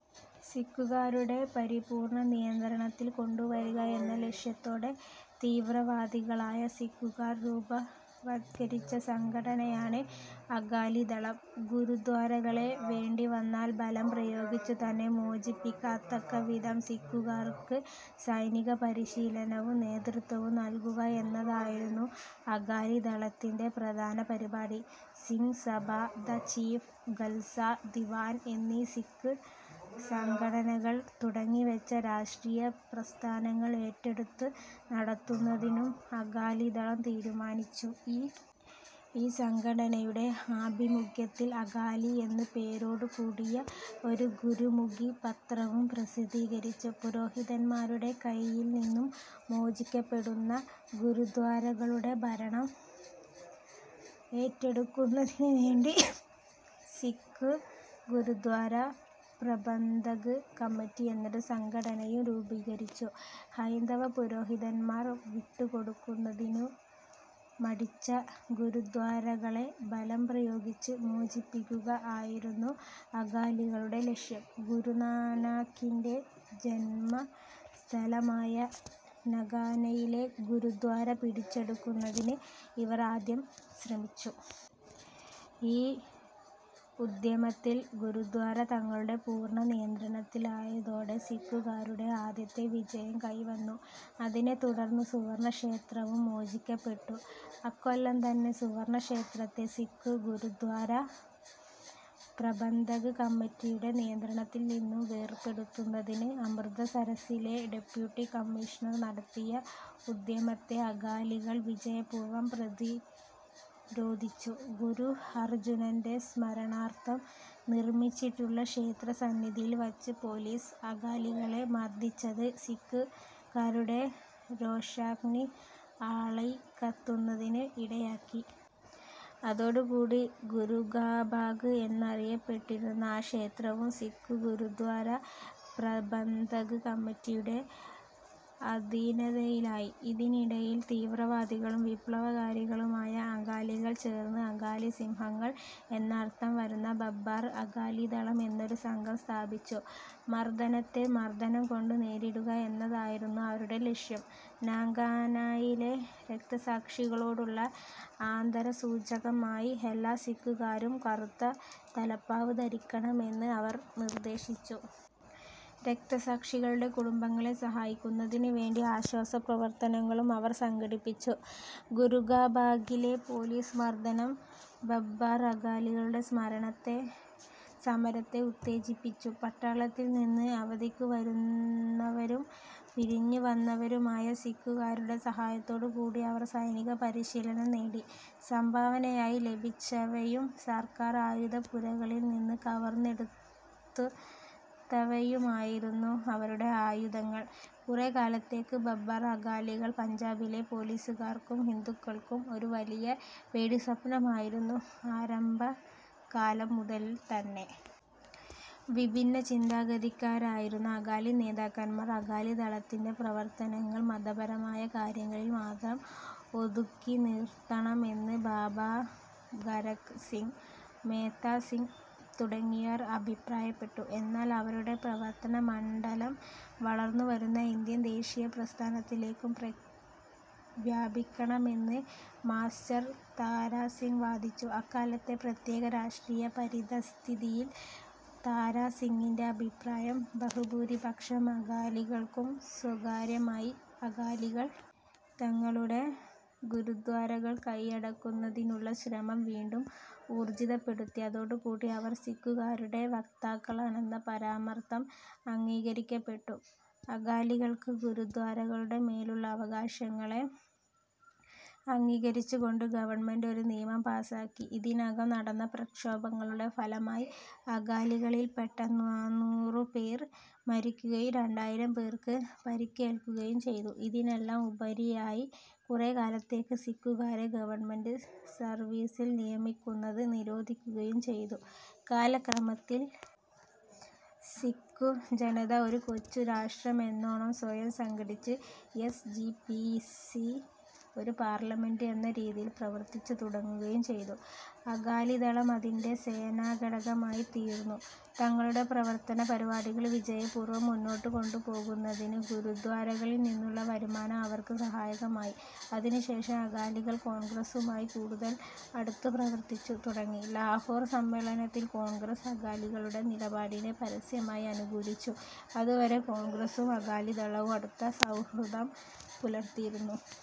സിക്കുകാരുടെ പരിപൂർണ നിയന്ത്രണത്തിൽ കൊണ്ടുവരിക എന്ന ലക്ഷ്യത്തോടെ തീവ്രവാദികളായ സിക്കുകാർ രൂപവത്കരിച്ച സംഘടനയാണ് അകാലിദളം. ഗുരുദ്വാരകളെ വേണ്ടിവന്നാൽ ബലം പ്രയോഗിച്ചുതന്നെ മോചിപ്പിക്കത്തക്കവിധം സിക്കുകാർക്ക് സൈനികപരിശീലനവും നേതൃത്വവും നൽകുക എന്നതായിരുന്നു അകാലിദളത്തിൻ്റെ പ്രധാന പരിപാടി. സിങ് സഭ, ദ ചീഫ് ഖൽസാ ദിവാൻ എന്നീ സിക്കു സംഘടനകൾ തുടങ്ങിവെച്ച രാഷ്ട്രീയ പ്രസ്ഥാനങ്ങൾ ഏറ്റെടുത്തു നടത്തുന്നതിനും അകാലിദളം തീരുമാനിച്ചു.ഈ ഈ സംഘടനയുടെ ആഭിമുഖ്യത്തിൽ അകാലി എന്നു പേരോടുകൂടിയ ഒരു ഗുരുമുഖി പത്രവും പ്രസിദ്ധീകരിച്ചു. പുരോഹിതന്മാരുടെ കൈയിൽനിന്നും മോചിപ്പിക്കപ്പെടുന്ന ഗുരുദ്വാരകളുടെ ഭരണം ഏറ്റെടുക്കുന്നതിനുവേണ്ടി സിക്കു ഗുരുദ്വാര പ്രബന്ധക് കമ്മിറ്റി എന്നൊരു സംഘടനയും രൂപീകരിച്ചു. ഹൈന്ദവപുരോഹിതന്മാർ വിട്ടുകൊടുക്കുന്നതിനു മടിച്ച ഗുരുദ്വാരകളെ ബലംപ്രയോഗിച്ച് മോചിപ്പിക്കുക ആയിരുന്നു അകാലികളുടെ ലക്ഷ്യം. ഗുരുനാനാക്കിൻ്റെ ജന്മസ്ഥലമായ നാകാനയിലെ ഗുരുദ്വാര പിടിച്ചെടുക്കുന്നതിന് ഇവർ ആദ്യം ശ്രമിച്ചു. ഈ ഉദ്യമത്തിൽ ഗുരുദ്വാര തങ്ങളുടെ പൂർണനിയന്ത്രണത്തിലായതോടെ സിക്കുകാരുടെ ആദ്യത്തെ വിജയം കൈവന്നു. അതിനെ തുടർന്ന് സുവർണക്ഷേത്രവും മോചിപ്പിക്കപ്പെട്ടു. അക്കൊല്ലംതന്നെ സുവർണക്ഷേത്രത്തെ സിക്കു ഗുരുദ്വാര പ്രബന്ധക് കമ്മിറ്റിയുടെ നിയന്ത്രണത്തിൽനിന്നും വേർപെടുത്തുന്നതിന് അമൃതസരസ്സിലെ ഡെപ്യൂട്ടി കമ്മീഷണർ നടത്തിയ ഉദ്യമത്തെ അകാലികൾ വിജയപൂർവം പ്രതിരോധിച്ചു. ഗുരു അർജുനൻ്റെ സ്മരണാർഥം നിർമിച്ചിട്ടുള്ള ക്ഷേത്രസന്നിധിയിൽ വച്ച് പൊലീസ് അകാലികളെ മർദിച്ചത് സിക്കുകാരുടെ രോഷാഗ്നി ആളിക്കത്തുന്നതിന് ഇടയാക്കി. അതോടുകൂടി ഗുരുകാബാഗ് എന്നറിയപ്പെട്ടിരുന്ന ആ ക്ഷേത്രവും സിക്കു ഗുരുദ്വാര പ്രബന്ധക് കമ്മിറ്റിയുടെ അധീനതയിലായി. ഇതിനിടയിൽ തീവ്രവാദികളും വിപ്ലവകാരികളുമായ അകാലികൾ ചേർന്ന് അകാലി സിംഹങ്ങൾ എന്നർഥം വരുന്ന ബബ്ബാർ അകാലിദളം എന്നൊരു സംഘം സ്ഥാപിച്ചു. മർദനത്തെ മർദനംകൊണ്ടു നേരിടുക എന്നതായിരുന്നു അവരുടെ ലക്ഷ്യം. നാങ്കാനായിലെ രക്തസാക്ഷികളോടുള്ള ആന്തരസൂചകമായി എല്ലാ സിക്കുകാരും കറുത്ത തലപ്പാവ് ധരിക്കണമെന്ന് അവർ നിർദ്ദേശിച്ചു. രക്തസാക്ഷികളുടെ കുടുംബങ്ങളെ സഹായിക്കുന്നതിനുവേണ്ടി ആശ്വാസപ്രവർത്തനങ്ങളും അവർ സംഘടിപ്പിച്ചു. ഗുരുകാബാഗിലെ പൊലീസ് മർദനം ബബ്ബാർ അകാലികളുടെ സ്മരണത്തെ സമരത്തെ ഉത്തേജിപ്പിച്ചു. പട്ടാളത്തിൽ നിന്ന് അവധിക്കു വരുന്നവരും വന്നവരും പിരിഞ്ഞുവന്നവരുമായ സിക്കുകാരുടെ സഹായത്തോടുകൂടി അവർ സൈനിക പരിശീലനം നേടി. സംഭാവനയായി ലഭിച്ചവയും സർക്കാർ ആയുധപ്പുരകളിൽനിന്നു കവർന്നെടുത്തുത്തവയുമായിരുന്നു അവരുടെ ആയുധങ്ങൾ. കുറെക്കാലത്തേക്ക് ബബ്ബാർ അകാലികൾ പഞ്ചാബിലെ പൊലീസുകാർക്കും ഹിന്ദുക്കൾക്കും ഒരു വലിയ പേടിസ്വപ്നമായിരുന്നു. ആരംഭകാലംമുതൽതന്നെ വിഭിന്ന ചിന്താഗതിക്കാരായിരുന്ന അകാലി നേതാക്കന്മാർ. അകാലിദളത്തിൻ്റെ പ്രവർത്തനങ്ങൾ മതപരമായ കാര്യങ്ങളിൽ മാത്രം ഒതുക്കിനിർത്തണമെന്ന് ബാബാ ഖരക് സിങ്, മേത്താ സിങ് തുടങ്ങിയവർ അഭിപ്രായപ്പെട്ടു. എന്നാൽ അവരുടെ പ്രവർത്തനമണ്ഡലം വളർന്നുവരുന്ന ഇന്ത്യൻ ദേശീയ പ്രസ്ഥാനത്തിലേക്കും വ്യാപിപ്പിക്കണമെന്ന് മാസ്റ്റർ താരാ സിങ് വാദിച്ചു. അക്കാലത്തെ പ്രത്യേക രാഷ്ട്രീയ പരിതഃസ്ഥിതിയിൽ താരാ സിങ്ങിൻ്റെ അഭിപ്രായം ബഹുഭൂരിപക്ഷം അകാലികൾക്കും സ്വീകാര്യമായി. അകാലികൾ തങ്ങളുടെ ഗുരുദ്വാരകൾ കൈയടക്കുന്നതിനുള്ള ശ്രമം വീണ്ടും ഊർജിതപ്പെടുത്തി. അതോടുകൂടി അവർ സിക്കുകാരുടെ വക്താക്കളാണെന്ന പരമാർഥം അംഗീകരിക്കപ്പെട്ടു. അകാലികൾക്ക് ഗുരുദ്വാരകളുടെ മേലുള്ള അവകാശങ്ങളെ അംഗീകരിച്ചുകൊണ്ട് ഗവൺമെന്റ് ഒരു നിയമം പാസാക്കി. ഇതിനകം നടന്ന പ്രക്ഷോഭങ്ങളുടെ ഫലമായി അകാലികളിൽപ്പെട്ട നാനൂറുപേർ മരിക്കുകയും രണ്ടായിരം പേർക്ക് പരിക്കേൽക്കുകയും ചെയ്തു. ഇതിനെല്ലാം ഉപരിയായി കുറെക്കാലത്തേക്ക് സിക്കുകാരെ ഗവൺമെന്റ് സർവീസിൽ നിയമിക്കുന്നത് നിരോധിക്കുകയും ചെയ്തു. കാലക്രമത്തിൽ സിക്കുജനത ഒരു കൊച്ചു രാഷ്ട്രമെന്നോണം സ്വയം സംഘടിച്ച്, എസ്. ജി. പി. സി. ഒരു പാർലമെന്റ് എന്ന രീതിയിൽ പ്രവർത്തിച്ചുതുടങ്ങുകയും ചെയ്തു. അകാലിദളം അതിൻ്റെ സേനാഘടകമായിത്തീർന്നു. തങ്ങളുടെ പ്രവർത്തനപരിപാടികൾ വിജയപൂർവം മുന്നോട്ടുകൊണ്ടുപോകുന്നതിന് ഗുരുദ്വാരകളിൽനിന്നുള്ള വരുമാനം അവർക്ക് സഹായകമായി. അതിനുശേഷം അകാലികൾ കോൺഗ്രസ്സുമായി കൂടുതൽ അടുത്തുപ്രവർത്തിച്ചു തുടങ്ങി. ലാഹോർ സമ്മേളനത്തിൽ കോൺഗ്രസ് അകാലികളുടെ നിലപാടിനെ പരസ്യമായി അനുകൂലിച്ചു. അതുവരെ കോൺഗ്രസ്സും അകാലിദളവും അടുത്ത സൗഹൃദം പുലർത്തിയിരുന്നു.